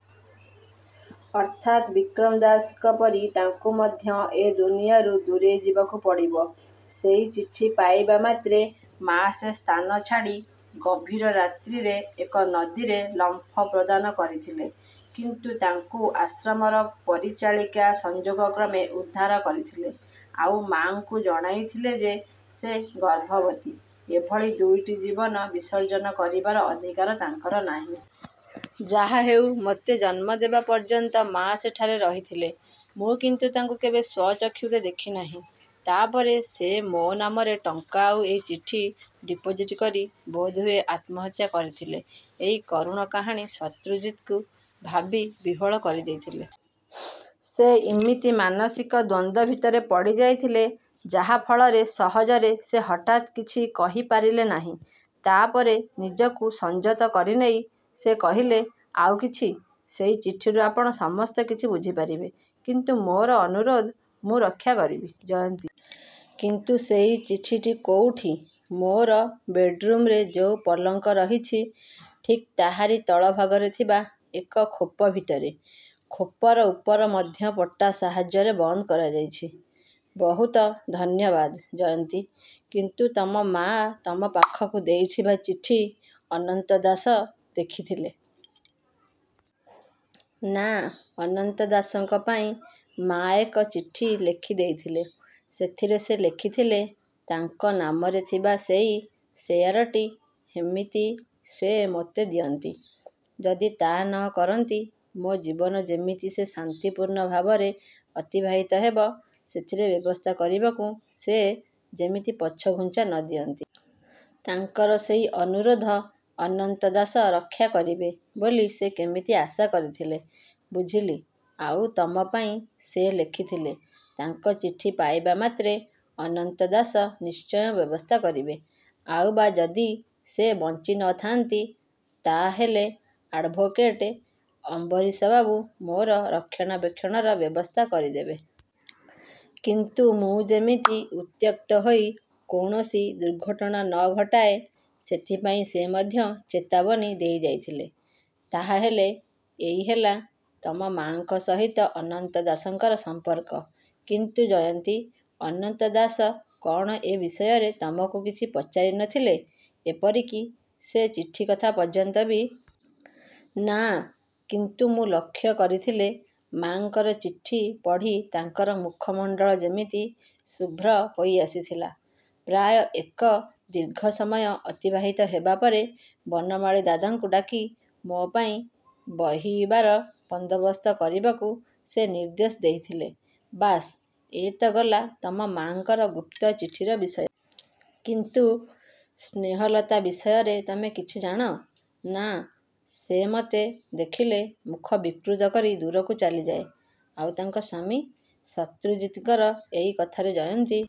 ଅର୍ଥାତ୍ ବିକ୍ରମ ଦାସଙ୍କ ପରି ତାଙ୍କୁ ମଧ୍ୟ ଏ ଦୁନିଆରୁ ଦୂରେଇଯିବାକୁ ପଡ଼ିବ। ସେଇ ଚିଠି ପାଇବା ମାତ୍ରେ ମାଆ ସେ ସ୍ଥାନ ଛାଡ଼ି ଗଭୀର ରାତ୍ରିରେ ଏକ ନଦୀରେ ଲମ୍ଫ ପ୍ରଦାନ କରିଥିଲେ। କିନ୍ତୁ ତାଙ୍କୁ ଆଶ୍ରମର ପରିଚାଳିକା ସଂଯୋଗକ୍ରମେ ଉଦ୍ଧାର କରିଥିଲେ, ଆଉ ମାଆଙ୍କୁ ଜଣାଇଥିଲେ ଯେ ସେ ଗର୍ଭବତୀ; ଏଭଳି ଦୁଇଟି ଜୀବନ ବିସର୍ଜନ କରିବାର ଅଧିକାର ତାଙ୍କର ନାହିଁ। 'ଯାହାହେଉ, ମୋତେ ଜନ୍ମ ଦେବା ପର୍ଯ୍ୟନ୍ତ ମାଆ ସେଠାରେ ରହିଥିଲେ। ମୁଁ କିନ୍ତୁ ତାଙ୍କୁ କେବେ ସ୍ୱଚକ୍ଷୁରେ ଦେଖିନାହିଁ। ତା ପରେ ସେ ମୋ ନାମରେ ଟଙ୍କା ଆଉ ଏଇ ଚିଠି ଡିପୋଜିଟ କରି ବୋଧହୁଏ ଆତ୍ମହତ୍ୟା କରିଥିଲେ। ' ଏଇ କରୁଣ କାହାଣୀ ଶତ୍ରୁଜିତଙ୍କୁ ଭାବିବିହ୍ୱଳ କରିଦେଇଥିଲେ। ସେ ଇମିତି ମାନସିକ ଦ୍ୱନ୍ଦ୍ୱ ଭିତରେ ପଡ଼ିଯାଇଥିଲେ, ଯାହା ଫଳରେ ସହଜରେ ସେ ହଠାତ୍ କିଛ କହି ପାରିଲେ ନାହିଁ। ତା'ପରେ ନିଜକୁ ସଂଯତ କରିନେଇ ସେ କହିଲେ, 'ଆଉ କିଛି? ' 'ସେଇ ଚିଠିରୁ ଆପଣ ସସସ୍ତ କିଛି ବୁଝିପାରିବେ। କିନ୍ତୁ ମୋର ଅନୁରୋଧ' 'ମୁଁ ରକ୍ଷା କରିବି, ଜୟନ୍ତୀ! କିନ୍ତୁ ସେଇ ଚିଠିଟି କୋଉଠି? ' 'ମୋର ବେଡ଼୍ରୁମରେ ଯୋଉ ପଲଙ୍କ ରହିଛି ଠିକ୍ ତାହାରି ତଳଭାଗରେ ଥିବା ଏକ ଖୋପ ଭିତରେ। ଖୋପର ଉପର ମଧ୍ୟ ପଟା ସାହାଯ୍ୟରେ ବନ୍ଦ କରାଯାଇଛି। ' 'ବହୁତ ଧନ୍ୟବାଦ, ଜୟନ୍ତୀ! କିନ୍ତୁ ତମ ମାଆ ତମ ପାଖକୁ ଦେଇଥିବା ଚିଠି ଅନନ୍ତ ଦାସ ଦେଖିଥିଲେ? ' 'ନା ଅନନ୍ତ ଦାସଙ୍କ ପାଇଁ ମାଆ ଏକ ଚିଠି ଲେଖିଦେଇଥିଲେ। ସେଥିରେ ସେ ଲେଖିଥିଲେ, ତାଙ୍କ ନାମରେ ଥିବା ସେଇ ସେୟାରଟି ହେମିତି ସେ ମୋତେ ଦିଅନ୍ତି। ଯଦି ତାହା ନ କରନ୍ତି ମୋ ଜୀବନ ଯେମିତି ସେ ଶାନ୍ତିପୂର୍ଣ୍ଣ ଭାବରେ ଅତିବାହିତ ହେବ ସେଥିରେ ବ୍ୟବସ୍ଥା କରିବାକୁ ସେ ଯେମିତି ପଛଘୁଞ୍ଚା ନ ଦିଅନ୍ତି। ' 'ତାଙ୍କର ସେଇ ଅନୁରୋଧ ଅନନ୍ତ ଦାସ ରକ୍ଷା କରିବେ ବୋଲି ସେ କେମିତି ଆଶା କରିଥିଲେ? ' 'ବୁଝିଲି। ଆଉ ତମ ପାଇଁ' 'ସେ ଲେଖିଥିଲେ, ତାଙ୍କ ଚିଠି ପାଇବା ମାତ୍ରେ ଅନନ୍ତ ଦାସ ନିଶ୍ଚୟ ବ୍ୟବସ୍ଥା କରିବେ, ଆଉ ବା ଯଦି ସେ ବଞ୍ଚି ନ ଥାଆନ୍ତି ତା ହେଲେ ଆଡ଼ଭୋକେଟ ଅମ୍ବରୀଶବାବୁ ମୋର ରକ୍ଷଣାବେକ୍ଷଣର ବ୍ୟବସ୍ଥା କରିଦେବେ। କିନ୍ତୁ ମୁଁ ଯେମିତି ଉତ୍ତ୍ୟକ୍ତ ହୋଇ କୌଣସି ଦୁର୍ଘଟଣା ନ ଘଟାଏ, ସେଥିପାଇଁ ସେ ମଧ୍ୟ ଚେତାବନୀ ଦେଇଯାଇଥିଲେ। ' 'ତା ହେଲେ ଏଇ ହେଲା ତମ ମାଆଙ୍କ ସହିତ ଅନନ୍ତ ଦାସଙ୍କର ସଂପର୍କ? କିନ୍ତୁ ଜୟନ୍ତୀ, ଅନନ୍ତ ଦାସ କଣ ଏ ବିଷୟରେ ତମକୁ କିଛି ପଚାରି ନ ଥିଲେଏପରିକି ସେ ଚିଠି କଥା ପର୍ଯ୍ୟନ୍ତ ବି? ' 'ନା। କିନ୍ତୁ ମୁଁ ଲକ୍ଷ୍ୟ କରିଥିଲେ, ମାଆଙ୍କର ଚିଠି ପଢ଼ି ତାଙ୍କର ମୁଖମଣ୍ଡଳ ଯେମିତି ଶୁଭ୍ର ହେଇଆସିଥିଲା। ପ୍ରାୟ ଏକ ଦୀର୍ଘ ସମୟ ଅତିବାହିତ ହେବା ପରେ ବନମାଳୀ ଦାଦାଙ୍କୁ ଡାକି ମୋ ପାଇଁ ବହିବାର ବନ୍ଦୋବସ୍ତ କରିବାକୁ ସେ ନିର୍ଦ୍ଦେଶ ଦେଇଥିଲେ। ' 'ବାସ୍, ଏ ତ ଗଲା ତମ ମାଆଙ୍କର ଗୁପ୍ତ ଚିଠିର ବିଷୟ। କିନ୍ତୁ ସ୍ନେହଲତା ବିଷୟରେ ତମେ କିଛି ଜାଣ? ' ''ନା, ସେ ମୋତେ ଦେଖିଲେ ମୁଖ ବିକୃତ କରି ଦୂରକୁ ଚାଲିଯାଏ। ' 'ଆଉ ତାଙ୍କ ସ୍ୱାମୀ? ' ଶତ୍ରୁଜିତଙ୍କର ଏଇ କଥାରେ ଜୟନ୍ତୀ